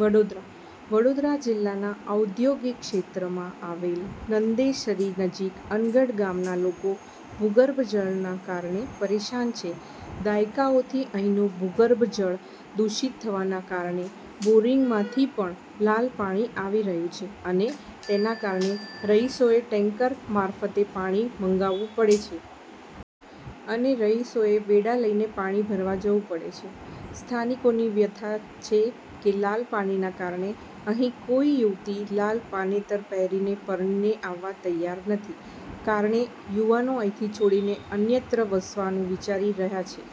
વડોદરાઃ વડોદરા જિલ્લાના ઔદ્યોગિક ક્ષેત્રમાં આવેલ નંદેસરી નજીક અનગઢ ગામના લોકો ભૂગર્ભ જળના કારણે પરેશાન છે. દાયકાઓથી અહીંનું ભૂગર્ભ જળ દુષિત થવાના કારણે બોરિંગમાંથી પણ લાલ પાણી આવી રહ્યું છે. અને તેના કારણે રહીશોએ ટેન્કર મારફતે પાણી મંગાવવું પડે છે. અને રહીશોએ બેડા લઈને પાણી ભરવા જવું પડે છે. સ્થાનિકોની વ્યથા છે કે લાલ પાણીના કારણે અહીં કોઈ યુવતી લાલ પાનેતર પહેરીને પરણીને આવવા તૈયાર નથી. કારણે યુવાનો અહીંથી છોડીને અન્યત્ર વસવાનું વિચારી રહ્યા છે.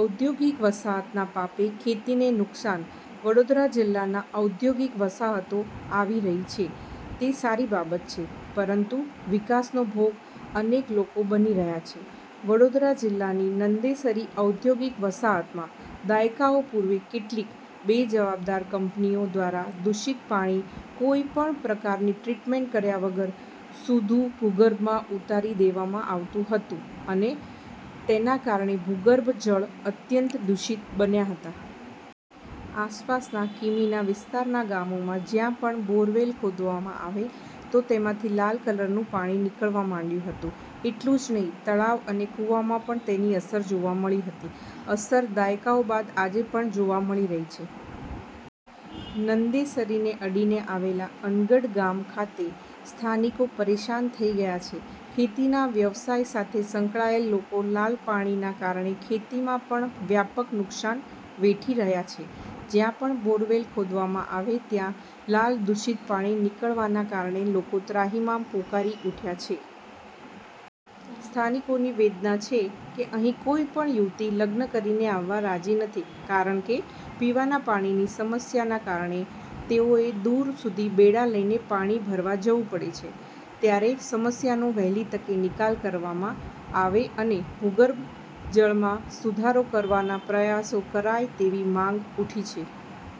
ઔદ્યોગિક વસાહતના પાપે ખેતીને નુકસાન વડોદરા જિલ્લામાં ઔદ્યોગિક વસાહતો આવી રહી છે તે સારી બાબત છે. પરંતુ વિકાસનો ભોગ અનેક લોકો બની રહ્યા છે. વડોદરા જિલ્લાની નંદેસરી ઔદ્યોગિક વસાહતમાં દાયકાઓ પૂર્વે કેટલીક બેજવાબદાર કંપનીઓ દ્વારા પ્રદુષિત પાણી કોઈ પણ પ્રકારની ટ્રીટમેન્ટ કર્યા વગર સુધુ ભૂગર્ભમાં ઉતારી દેવામાં આવતું હતું અને તેના કારણે ભૂગર્ભ જળ અત્યંત દુષિત બન્યા હતા. આસપાસના કિમીના વિસ્તારના ગામોમાં જ્યાં પણ બોરવેલ ખોદવામાં આવે તો તેમાંથી લાલ કલરનું પાણી નીકળવા માંડ્યું હતું. એટલુંનહીં તળાવ અને કુવામાં પણ તેની અસર જોવા મળી હતી. અસર દાયકાઓ બાદ આજે પણ જોવા મળી રહી છે. નંદેસરીને અડીને આવેલા અનગઢ ગામ ખાતે સ્થાનિકો પરેશાન થઇ ગયા છે. ખેતીના વ્યવસાય સાથે સંકળાયેલ લોકો લાલ પાણીના કારણે ખેતીમાં પણ વ્યાપક નુકસાન વેઠી રહ્યા છે. જ્યાં પણ બોરવેલ ખોદવામાં આવે ત્યાં લાલ દુષિત પાણી નીકળવાના કારણે લોકો ત્રાહિમામ પોકારી ઉઠ્યા છે. સ્થાનિકોની વેદના છે કે અહીં કોઈ પણ યુવતી લગ્ન કરીને આવવા રાજી નથી કારણ કે પીવાના પાણીની સમસ્યાના કારણે તેઓએ દૂર સુધી બેડા લઈને પાણી ભરવા જવું પડે છે. ત્યારેસમસ્યાનો વહેલી તકે નિકાલ કરવામાં આવે અને ભૂગર્ભ જળમાં સુધારો કરવાના પ્રયાસો કરાય તેવી માંગ ઉઠી છે.